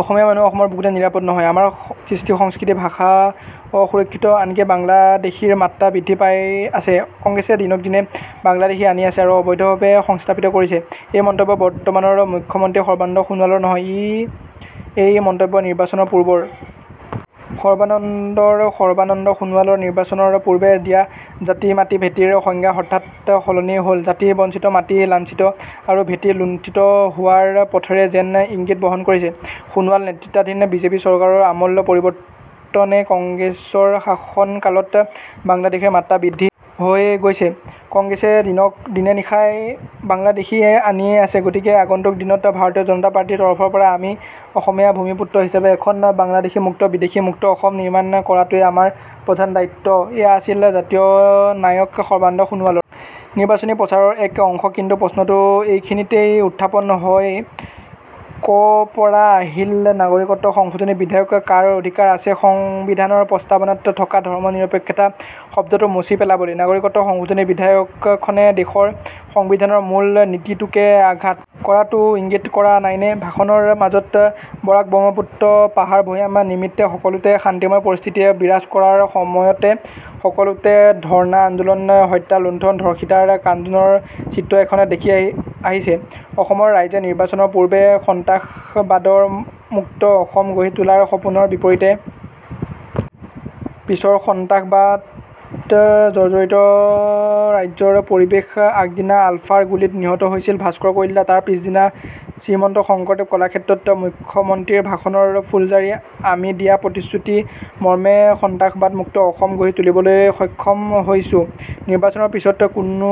অসমীয়া মানুহ অসমৰ বুকুতে নিৰাপদ নহয়আমাৰ কৃষ্টিসংস্কৃতিভাষা অসুৰক্ষিতআনকি বাংলাদেশীৰ মাত্ৰা বৃদ্ধি পাই আছে কংগ্ৰেছে দিনক দিনে বাংলাদেশী আনি আছে আৰু অবৈধভাৱে সংস্থাপিত কৰিছেএই মন্তব্য বৰ্তমানৰ মুখ্য মন্ত্ৰী সৰ্বানন্দ সোণোৱালৰ নহয়এই মন্তব্য নিৰ্বাচনৰ পূৰ্বৰ সৰ্বানন্দৰসৰ্বানন্দ সোণোৱালৰ নিৰ্বাচনৰ পূৰ্বে দিয়া জাতিমাটিভেটিৰ সংজ্ঞা হঠাৎ সলনি হলজাতি বঞ্চিত মাটি লাঞ্ছিত আৰু ভেটি লুণ্ঠিত হোৱাৰ পথৰে যেন ইংগিত বহন কৰিছে সোণোৱাল নেতৃত্বাধীন বিজেপি চৰকাৰৰ আমূল পৰিৱেৰ্তনেকংগ্ৰেছৰ শাসন কালত বাংলাদেশীৰ মাত্ৰা বৃদ্ধি হৈ গৈছে কংগ্ৰেছে দিনেনিশাই বাংলাদেশী আনিয়েই আছেগতিকে আগন্তুক দিনত ভাৰতীয় জনতা পাৰ্টীৰ তৰফৰ পৰা আমি অসমীয়া ভূমিপুত্ৰ হিচাপে এখন বাংলাদেশীমুক্ত বিদেশী মুক্ত অসম নিৰ্মাণ কৰাটোৱেই আমাৰ প্ৰধান দায়িত্বএয়া আছিল জাতীয় নায়ক সৰ্বানন্দ সোণোৱালৰ নিৰ্বাচনী প্ৰচাৰৰ এক অংশকিন্তু প্ৰশ্নটো এইখিনিতেই উত্থাপন হয় ক পৰা আহিল নাগৰিকত্ব সংশোধনী বিধেয়ক কাৰ অধিকাৰ আছে সংবিধানৰ প্ৰস্তাৱনাত থকা ধৰ্ম নিৰপেক্ষতা শব্দটো মচি পেলাবলৈ নাগৰিকত্ব সংশোধনী বিধেয়কখনে দেশৰ সংবিধানৰ মূল নীতিটোতে আঘাত কৰাটো ইংগিত কৰা নাইনে ভাষণৰ মাজত বৰাকব্ৰহ্মপুত্ৰ পাহাৰভৈয়াম নিমিত্তে সকলোতে শান্তিময় পৰিস্থিতিয়ে বিৰাজ কৰাৰ সময়তে সকলোতে ধৰ্ণাআন্দোলন হত্যালুণ্ঠন ধৰ্ষিতাৰ কান্দোনৰ চিত্ৰ এখনহে দেখি আহিছে অসমৰ ৰাইজেনিৰ্বাচনৰ পূৰ্বে সন্ত্ৰাসবাদমুক্ত অসম গঢ়ি তোলাৰ সপোনৰ বিপৰীতে পিছৰ সন্ত্ৰাসবাদ জৰ্জৰিত ৰাজ্যৰ পৰিৱেশআগদিনা আলফাৰ গুলীত নিহত হৈছিল ভাস্কৰ কলিতা তাৰ পিছৰদিনা শ্ৰীমন্ত শংকৰদেৱ কলাক্ষেত্ৰত মুখ্য মন্ত্ৰীৰ ভাষণৰ ফুলজাৰি আমি দিয়া প্ৰতিশ্ৰুতি মৰ্মে সন্ত্ৰাসবাদমুক্ত অসম গঢ়ি তুলিবলৈ সক্ষম হৈছোনিৰ্বাচনৰ পিছত কোনো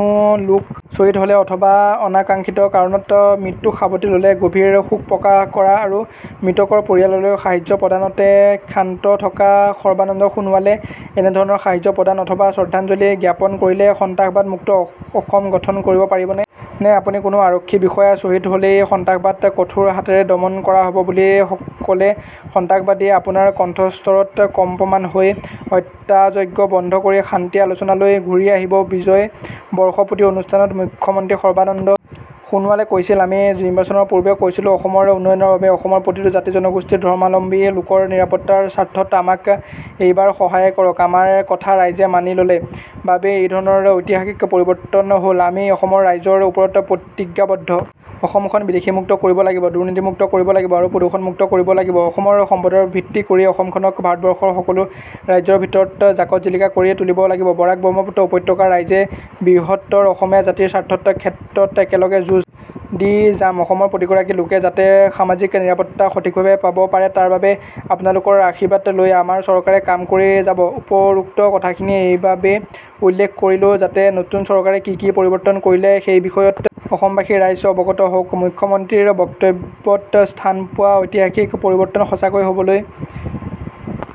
লোক চহিদ হলে অথবা অনাকাংক্ষিত কাৰণত মৃত্যুক সাৱটি ললে গভীৰ শোক প্ৰকাশ কৰা আৰু মৃতকৰ পৰিয়াললৈ সাহায্য প্ৰদানতে ক্ষান্ত থকা সৰ্বানন্দ সোণোৱালে এনেধৰণে সাহায্য প্ৰদান অথবা শ্ৰদ্ধাঞ্জলি জ্ঞাপন কৰিলে সন্ত্ৰাসবাদমুক্ত অসম গঠন কৰিব পাৰিবনে নে আপুনি কোনো আৰক্ষী বিষয়া চহিদ হলেই সন্ত্ৰাসবাদ কঠোৰ হাতেৰে দমন কৰা হব বুলি কলে সন্ত্ৰাসবাদীয়ে আপোনাৰ কণ্ঠস্বৰত কম্পমান হৈ হত্যাযজ্ঞ বন্ধ কৰি শান্তি আলোচনালৈ ঘূৰি আহিব বিজয় বৰ্ষপূৰ্তি অনুষ্ঠানত মুখ্য মন্ত্ৰী সৰ্বানন্দ সোণোৱালে কৈছিল আমি নিৰ্বাচনৰ পূৰ্বে কৈছিলো অসমৰ উন্নয়নৰ বাবে অসমৰ প্ৰতিটো জাতিজনগোষ্ঠী ধৰ্মাৱলম্বী লোকৰ নিৰাপত্তাৰ স্বাৰ্থত আমাক এইবাৰ সহায় কৰকআমাৰ কথা ৰাইজে মানি ললে বাবেই এনেধৰণৰ ঐতিহাসিক পৰিৱৰ্তন হলআমি অসমৰ ৰাইজৰ ওচৰত প্ৰতিজ্ঞাবদ্ধ অসমখন বিদেশীমুক্ত কৰিব লাগিব দুৰ্নীতিমুক্ত কৰিব লাগিব আৰু প্ৰদূষণ মুক্ত কৰিব লাগিবঅসমৰ সম্পদৰ ভিত্তি কৰি অসমখনক ভাৰতবৰ্ষৰ সকলো ৰাজ্যৰ ভিতৰত জাকতজিলিকা কৰি তুলিব লাগিববৰাকব্ৰহ্মপুত্ৰ উপত্যকাৰ ৰাইজে বৃহত্তৰ অসমীয়া জাতিৰ স্বাৰ্থৰ ক্ষেত্ৰত একেলগে যুঁজ দি যামঅসমৰ প্ৰতিগৰাকী লোকে যাতে সামাজিক নিৰাপত্তা সঠিকভাৱে পাব পাৰে তাৰ বাবে আপোনালোকৰ আশীৰ্বাদ লৈ আমাৰ চৰকাৰে কাম কৰি যাবউপৰোক্ত কথাখিনি এইবাবেই উল্লেখ কৰিলো যাতে নতুন চৰকাৰে কি কি পৰিৱৰ্তন কৰিলে সেই বিষয়ত অসমবাসী ৰাইজ অৱগত হওকমুখ্য মন্ত্ৰীৰ বক্তব্যত স্থান পোৱা ঐতিহাসিক পৰিৱৰ্তন সঁচাকৈয়ে হবলৈ